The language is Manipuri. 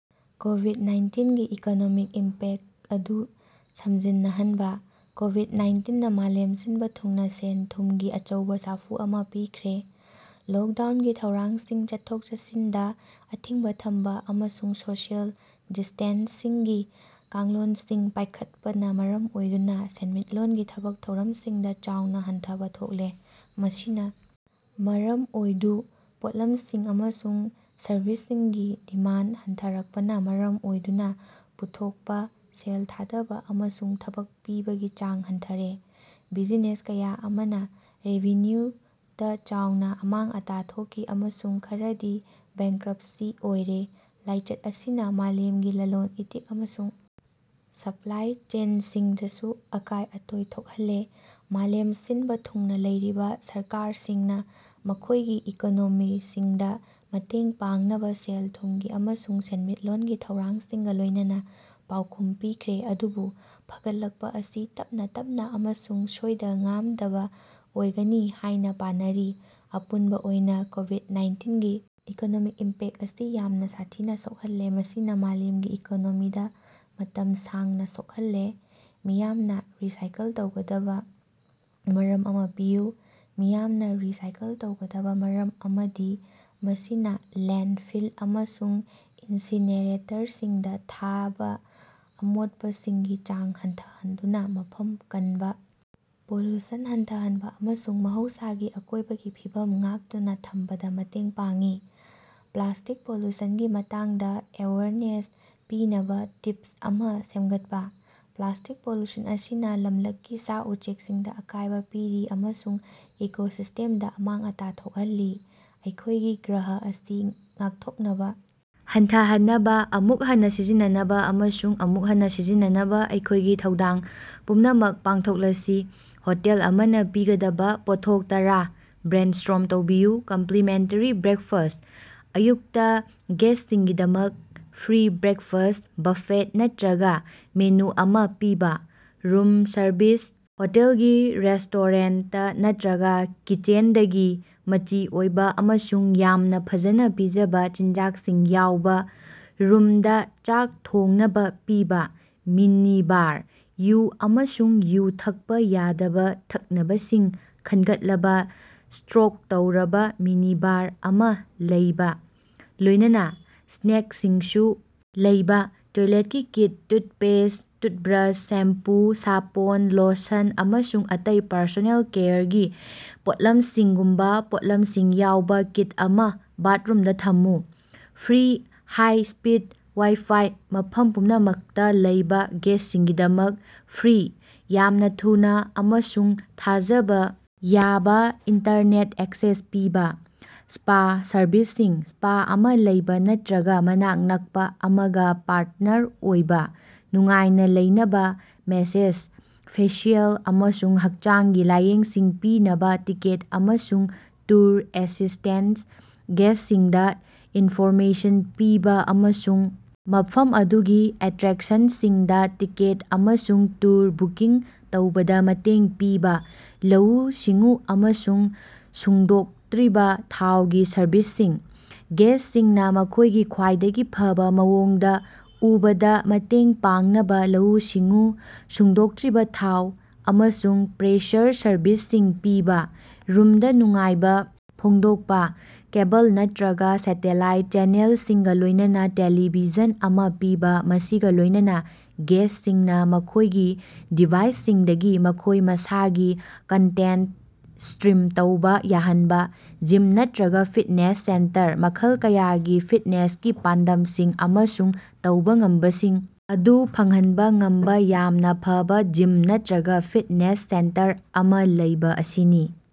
ꯀꯣꯕꯤꯗ-ꯅꯥꯏꯟꯇꯤꯟꯒꯤ ꯏꯀꯣꯅꯣꯃꯤꯛ ꯏꯝꯄꯦꯛꯇ ꯑꯗꯨ ꯁꯝꯖꯤꯟꯅꯍꯟꯕ꯫ ꯀꯣꯕꯤꯗ-ꯅꯥꯏꯟꯇꯤꯟꯅꯥ ꯃꯥꯂꯦꯝ ꯁꯤꯟꯕ ꯊꯨꯡꯅ ꯁꯦꯟ-ꯊꯨꯝꯒꯤ ꯑꯆꯧꯕ ꯁꯥꯐꯨ ꯑꯃ ꯄꯤꯈ꯭ꯔꯦ꯫ ꯂꯣꯛꯗꯥꯎꯟꯒꯤ ꯊꯧꯔꯥꯡꯁꯤꯡ, ꯆꯠꯊꯣꯛ-ꯆꯠꯁꯤꯟꯗ ꯑꯊꯤꯡꯕ ꯊꯝꯕ, ꯑꯃꯁꯨꯡ ꯁꯣꯁꯤꯑꯦꯜ ꯗꯤꯁ꯭ꯇꯦꯟꯁꯤꯡꯒꯤ ꯀꯥꯡꯂꯣꯟꯁꯤꯡ ꯄꯥꯏꯈꯠꯄꯅ ꯃꯔꯝ ꯑꯣꯏꯗꯨꯅ ꯁꯦꯟꯃꯤꯠꯂꯣꯟꯒꯤ ꯊꯕꯛ ꯊꯧꯔꯝꯁꯤꯡꯗ ꯆꯥꯎꯅ ꯍꯟꯊꯕꯥ ꯊꯣꯛꯂꯦ꯫ ꯃꯁꯤꯅ ꯃꯔꯝ ꯑꯣꯏꯗꯨ ꯄꯣꯠꯂꯝꯁꯤꯡ ꯑꯃꯁꯨꯡ ꯁꯔꯕꯤꯁꯁꯤꯡꯒꯤ ꯗꯤꯃꯥꯟꯗ ꯍꯟꯊꯔꯛꯄꯅ ꯃꯔꯝ ꯑꯣꯏꯗꯨꯅ ꯄꯨꯊꯣꯛꯄ, ꯁꯦꯜ ꯊꯥꯗꯕꯥ, ꯑꯃꯁꯨꯡ ꯊꯕꯛ ꯄꯤꯕꯒꯤ ꯆꯥꯡ ꯍꯟꯊꯔꯦ꯫ ꯕꯤꯖꯤꯅꯦꯁ ꯀꯌꯥ ꯑꯃꯅ ꯔꯦꯚꯤꯅ꯭ꯌꯨꯗ ꯆꯥꯎꯅ ꯑꯃꯥꯡ-ꯑꯇꯥ ꯊꯣꯛꯈꯤ, ꯑꯃꯁꯨꯡ ꯈꯔꯗꯤ ꯕꯦꯡꯀ꯭ꯔꯞꯁꯤ ꯑꯣꯏꯔꯦ꯫ ꯂꯥꯏꯆꯠ ꯑꯁꯤꯅ ꯃꯥꯂꯦꯝꯒꯤ ꯂꯂꯣꯟ-ꯏꯇꯤꯛ ꯑꯃꯁꯨꯡ ꯁꯄ꯭ꯂꯥꯏ ꯆꯦꯟꯁꯤꯡꯗꯁꯨ ꯑꯀꯥꯏ-ꯑꯇꯣꯏ ꯊꯣꯛꯍꯜꯂꯦ꯫ ꯃꯥꯂꯦꯝ ꯁꯤꯟꯕꯥ ꯊꯨꯡꯅ ꯂꯩꯔꯤꯕ ꯁꯔꯀꯥꯔꯁꯤꯡꯅ ꯃꯈꯣꯏꯒꯤ ꯏꯀꯣꯅꯣꯃꯤꯁꯤꯡꯗ ꯃꯇꯦꯡ ꯄꯥꯡꯅꯕꯥ ꯁꯦꯜ-ꯊꯨꯝꯒꯤ ꯑꯃꯁꯨꯡ ꯁꯦꯟꯃꯤꯠꯂꯣꯟꯒꯤ ꯊꯧꯔꯥꯡꯁꯤꯡꯒ ꯂꯣꯏꯅꯅꯥ ꯄꯥꯎꯈꯨꯝ ꯄꯤꯈ꯭ꯔꯦ, ꯑꯗꯨꯕꯨ ꯐꯒꯠꯂꯛꯄ ꯑꯁꯤ ꯇꯞꯅꯥ ꯇꯞꯅꯥ ꯑꯃꯁꯨꯡ ꯁꯣꯏꯗ-ꯉꯥꯝꯗꯕ ꯑꯣꯏꯒꯅꯤ ꯍꯥꯏꯅ‌ ꯄꯥꯅꯔꯤ꯫ ꯑꯄꯨꯟꯕ ꯑꯣꯏꯅ ꯀꯣꯕꯤꯗ-ꯅꯥꯏꯟꯇꯤꯟꯒꯤ ꯏꯀꯣꯅꯣꯃꯤꯛ ꯏꯝꯄꯦꯛꯇ ꯑꯁꯤ ꯌꯥꯝꯅ ꯁꯥꯊꯤꯅ ꯁꯣꯛꯍꯜꯂꯦ, ꯃꯁꯤꯅ ꯃꯥꯂꯦꯝꯒꯤ ꯏꯀꯣꯅꯣꯃꯤꯗ ꯃꯇꯝ ꯁꯥꯡꯅ ꯁꯣꯛꯍꯜꯂꯦ꯫ ꯃꯤꯌꯥꯝꯅ ꯔꯤꯁꯥꯏꯀꯜ ꯇꯧꯒꯗꯕꯥ ꯃꯔꯝ ꯑꯃ ꯄꯤꯌꯨ꯫ ꯃꯤꯌꯥꯝꯅ ꯔꯤꯁꯥꯏꯀꯜ ꯇꯧꯒꯗꯕꯥ ꯃꯔꯝ ꯑꯃꯗꯤ ꯃꯁꯤꯅ ꯂꯦꯟꯗꯐꯤꯜ ꯑꯃꯁꯨꯡ ꯏꯟꯁꯤꯅꯦꯔꯦꯇꯔꯁꯤꯡꯗ ꯊꯥꯕ ꯑꯃꯣꯠꯄꯁꯤꯡꯒꯤ ꯆꯥꯡ ꯍꯟꯊꯍꯟꯗꯨꯅ ꯃꯐꯝ ꯀꯟꯕ, ꯄꯣꯂꯨꯁꯟ ꯍꯟꯊꯍꯟꯕ ꯑꯃꯁꯨꯡ ꯃꯍꯧꯁꯥꯒꯤ ꯑꯀꯣꯏꯕꯒꯤ ꯐꯤꯕꯝ ꯉꯥꯛꯇꯨꯅ‌ ꯊꯝꯕꯗ ꯃꯇꯦꯡ ꯄꯥꯡꯏ꯫ ꯄ꯭ꯂꯥꯁꯇꯤꯛ ꯄꯣꯂꯨꯁꯟꯒꯤ ꯃꯇꯥꯡꯗ ꯑꯦꯋꯦꯌꯔꯅꯦꯁ ꯄꯤꯅꯕꯥ ꯇꯤꯞꯁ ꯑꯃ ꯁꯦꯝꯒꯠꯄ꯫ ꯄ꯭ꯂꯥꯁ꯭ꯇꯤꯛ ꯄꯣꯂꯨꯁꯟ ꯑꯁꯤꯅ ꯂꯝꯂꯛꯀꯤ ꯁꯥ-ꯎꯆꯦꯛꯁꯤꯡꯗ ꯑꯀꯥꯏꯕ‌ ꯄꯤꯔꯤ ꯑꯃꯁꯨꯡ ꯏꯀꯣꯁꯤꯁꯇꯦꯝꯗ ꯑꯃꯥꯡ-ꯑꯇꯥ ꯊꯣꯛꯍꯜꯂꯤ꯫ ꯑꯩꯈꯣꯏꯒꯤ ꯒ꯭ꯔꯍ ꯑꯁꯤ ꯉꯥꯛꯊꯣꯛꯅꯕ ꯍꯟꯊꯍꯟꯅꯕꯥ, ꯑꯃꯨꯛ ꯍꯟꯅ ꯁꯤꯖꯤꯟꯅꯅꯕꯥ ꯑꯃꯁꯨꯡ ꯑꯃꯨꯛ ꯍꯟꯅ ꯁꯤꯖꯤꯟꯅꯅꯕꯥ ꯑꯩꯈꯣꯏꯒꯤ ꯊꯧꯗꯥꯡ ꯄꯨꯝꯅꯃꯛ ꯄꯥꯡꯊꯣꯛꯂꯁꯤ꯫ ꯍꯣꯇꯦꯜ ꯑꯃꯅ ꯄꯤꯒꯗꯕꯥ ꯄꯣꯠꯊꯣꯛ ꯇꯔꯥ ꯕ꯭ꯔꯦꯟꯁ꯭ꯇꯣꯔꯝ ꯇꯧꯕꯤꯌꯨ꯫ ꯀꯝꯄ꯭ꯂꯤꯃꯦꯟꯇꯔꯤ ꯕ꯭ꯔꯦꯛꯐꯥꯁ꯭ꯠ - ꯑꯌꯨꯛꯇ ꯒꯦꯁ꯭ꯇꯁꯤꯡꯒꯤꯗꯃꯛ ꯐ꯭ꯔꯤ ꯕ꯭ꯔꯦꯛꯐꯥꯁ꯭ꯠ ꯕꯐꯦꯠ ꯅꯠꯇꯔꯒ ꯃꯦꯅꯨ ꯑꯃ ꯄꯤꯕ꯫ ꯔꯨꯝ ꯁꯔꯚꯤꯁ - ꯍꯣꯇꯦꯜꯒꯤ ꯔꯦꯁ꯭ꯇꯣꯔꯦꯟꯇ ꯅꯠꯇꯔꯒ ꯀꯤꯆꯦꯟꯗꯒꯤ ꯃꯆꯤ ꯑꯣꯏꯕ ꯑꯃꯁꯨꯡ ꯌꯥꯝꯅ ꯐꯖꯅꯥ ꯄꯤꯖꯕꯥ ꯆꯤꯟꯖꯥꯛꯁꯤꯡ ꯌꯥꯎꯕ‌ ꯔꯨꯝꯗ ꯆꯥꯛ ꯊꯣꯡꯅꯕꯥ ꯄꯤꯕ꯫ ꯃꯤꯅꯤꯕꯥꯔ - ꯌꯨ ꯑꯃꯁꯨꯡ ꯌꯨ ꯊꯛꯄ ꯌꯥꯗꯕꯥ ꯊꯛꯅꯕꯁꯤꯡ ꯈꯟꯒꯠꯂꯕꯥ ꯁ꯭ꯇꯣꯛ ꯇꯧꯔꯕ ꯃꯤꯅꯤꯕꯥꯔ ꯑꯃ ꯂꯩꯕ, ꯂꯣꯏꯅꯅꯥ ꯁ꯭ꯅꯦꯛꯁꯤꯡꯁꯨ ꯂꯩꯕ꯫ ꯇꯣꯏꯂꯦꯠꯀꯤ ꯀꯤꯠ - ꯇꯨꯠꯄꯦꯁ꯭ꯠ, ꯇꯨꯠꯕ꯭ꯔꯁ, ꯁꯦꯝꯄꯨ, ꯁꯥꯄꯣꯟ, ꯂꯣꯁꯟ, ꯑꯃꯁꯨꯡ ꯑꯇꯩ ꯄꯔꯁꯣꯅꯦꯜ ꯀꯦꯌꯔꯒꯤ ꯄꯣꯠꯂꯝꯁꯤꯡꯒꯨꯝꯕ ꯄꯣꯠꯂꯝꯁꯤꯡ ꯌꯥꯎꯕ ꯀꯤꯠ ꯑꯃ ꯕꯥꯊꯔꯨꯝꯗ ꯊꯝꯃꯨ꯫ ꯐ꯭ꯔꯤ ꯍꯥꯏ-ꯁ꯭ꯄꯤꯗ ꯋꯥꯏ-ꯐꯥꯏ - ꯃꯐꯝ ꯄꯨꯝꯅꯃꯛꯇ ꯂꯩꯕ ꯒꯦꯁ꯭ꯇꯁꯤꯡꯒꯤꯗꯃꯛ ꯐ꯭ꯔꯤ, ꯌꯥꯝꯅ ꯊꯨꯅ ꯑꯃꯁꯨꯡ ꯊꯥꯖꯕꯥ ꯌꯥꯕ ꯏꯟꯇꯔꯅꯦꯠ ꯑꯦꯛꯁꯦꯁ ꯄꯤꯕ꯫ ꯁ꯭ꯄꯥ ꯁꯔꯚꯤꯁꯁꯤꯡ - ꯁ꯭ꯄꯥ ꯑꯃ ꯂꯩꯕ ꯅꯠꯇꯔꯒ ꯃꯅꯥꯛ ꯅꯛꯄ ꯑꯃꯒ ꯄꯥꯔꯇꯅꯔ ꯑꯣꯏꯕ, ꯅꯨꯡꯉꯥꯏꯅ ꯂꯩꯅꯕ ꯃꯦꯁꯦꯖ, ꯐꯦꯁꯤꯑꯦꯜ, ꯑꯃꯁꯨꯡ ꯍꯛꯆꯥꯡꯒꯤ ꯂꯥꯌꯦꯡꯁꯤꯡ ꯄꯤꯅꯕꯥ꯫ ꯇꯤꯀꯦꯠ ꯑꯃꯁꯨꯡ ꯇꯨꯔ ꯑꯦꯁꯤꯁ꯭ꯇꯦꯟꯁ - ꯒꯦꯁ꯭ꯇꯁꯤꯡꯗ ꯏꯟꯐꯣꯔꯃꯦꯁꯟ ꯄꯤꯕ ꯑꯃꯁꯨꯡ ꯃꯐꯝ ꯑꯗꯨꯒꯤ ꯑꯦꯇꯔꯦꯛꯁꯟꯁꯤꯡꯗ‌ ꯇꯤꯀꯦꯠ ꯑꯃꯁꯨꯡ ꯇꯨꯔ ꯕꯨꯀꯤꯡ ꯇꯧꯕꯗ ꯃꯇꯦꯡ ꯄꯤꯕ꯫ ꯂꯧꯎ-ꯁꯤꯡꯎ ꯑꯃꯁꯨꯡ ꯁꯨꯡꯗꯣꯛꯇꯔꯤꯕ ꯊꯥꯎꯒꯤ ꯁꯔꯚꯤꯁꯁꯤꯡ - ꯒꯦꯁ꯭ꯇꯁꯤꯡꯅ ꯃꯈꯣꯏꯒꯤ ꯈ꯭ꯋꯥꯏꯗꯒꯤ ꯐꯕꯥ ꯃꯑꯣꯡꯗ ꯎꯕꯗꯥ ꯃꯇꯦꯡ ꯄꯥꯡꯅꯕꯥ ꯂꯧꯎ-ꯁꯤꯡꯎ, ꯁꯨꯡꯗꯣꯛꯇꯔꯤꯕ ꯊꯥꯎ, ꯑꯃꯁꯨꯡ ꯄ꯭ꯔꯦꯁꯔ ꯁꯔꯚꯤꯁꯁꯤꯡ ꯄꯤꯕ꯫ ꯔꯨꯝꯗ ꯅꯨꯡꯉꯥꯏꯕ ꯐꯣꯡꯗꯣꯛꯄ - ꯀꯦꯕꯜ ꯅꯠꯇꯔꯒ ꯁꯦꯇꯦꯂꯥꯏꯠ ꯆꯦꯅꯦꯜꯁꯤꯡꯒ ꯂꯣꯏꯅꯅ ꯇꯦꯂꯤꯚꯤꯖꯟ ꯑꯃ ꯄꯤꯕ, ꯃꯁꯤꯒ ꯂꯣꯏꯅꯅ ꯒꯦꯁ꯭ꯇꯁꯤꯡꯅ ꯃꯈꯣꯏꯒꯤ ꯗꯤꯚꯥꯏꯁꯁꯤꯡꯗꯒꯤ ꯃꯈꯣꯏ ꯃꯁꯥꯒꯤ ꯀꯟꯇꯦꯟꯇ ꯁ꯭ꯇꯔꯤꯝ ꯇꯧꯕ ꯌꯥꯍꯟꯕ꯫ ꯖꯤꯝ ꯅꯠꯇꯔꯒ ꯐꯤꯠꯅꯦꯁ ꯁꯦꯟꯇꯔ - ꯃꯈꯜ ꯀꯌꯥꯒꯤ ꯐꯤꯠꯅꯦꯁꯀꯤ ꯄꯥꯟꯗꯝꯁꯤꯡ ꯑꯃꯁꯨꯡ ꯇꯧꯕ ꯉꯝꯕꯁꯤꯡ ꯑꯗꯨ ꯐꯪꯍꯟꯕ ꯉꯝꯕ ꯌꯥꯝꯅ ꯐꯕꯥ ꯖꯤꯝ ꯅꯠꯇꯔꯒ ꯐꯤꯠꯅꯦꯁ ꯁꯦꯟꯇꯔ ꯑꯃ ꯂꯩꯕ ꯑꯁꯤꯅꯤ꯫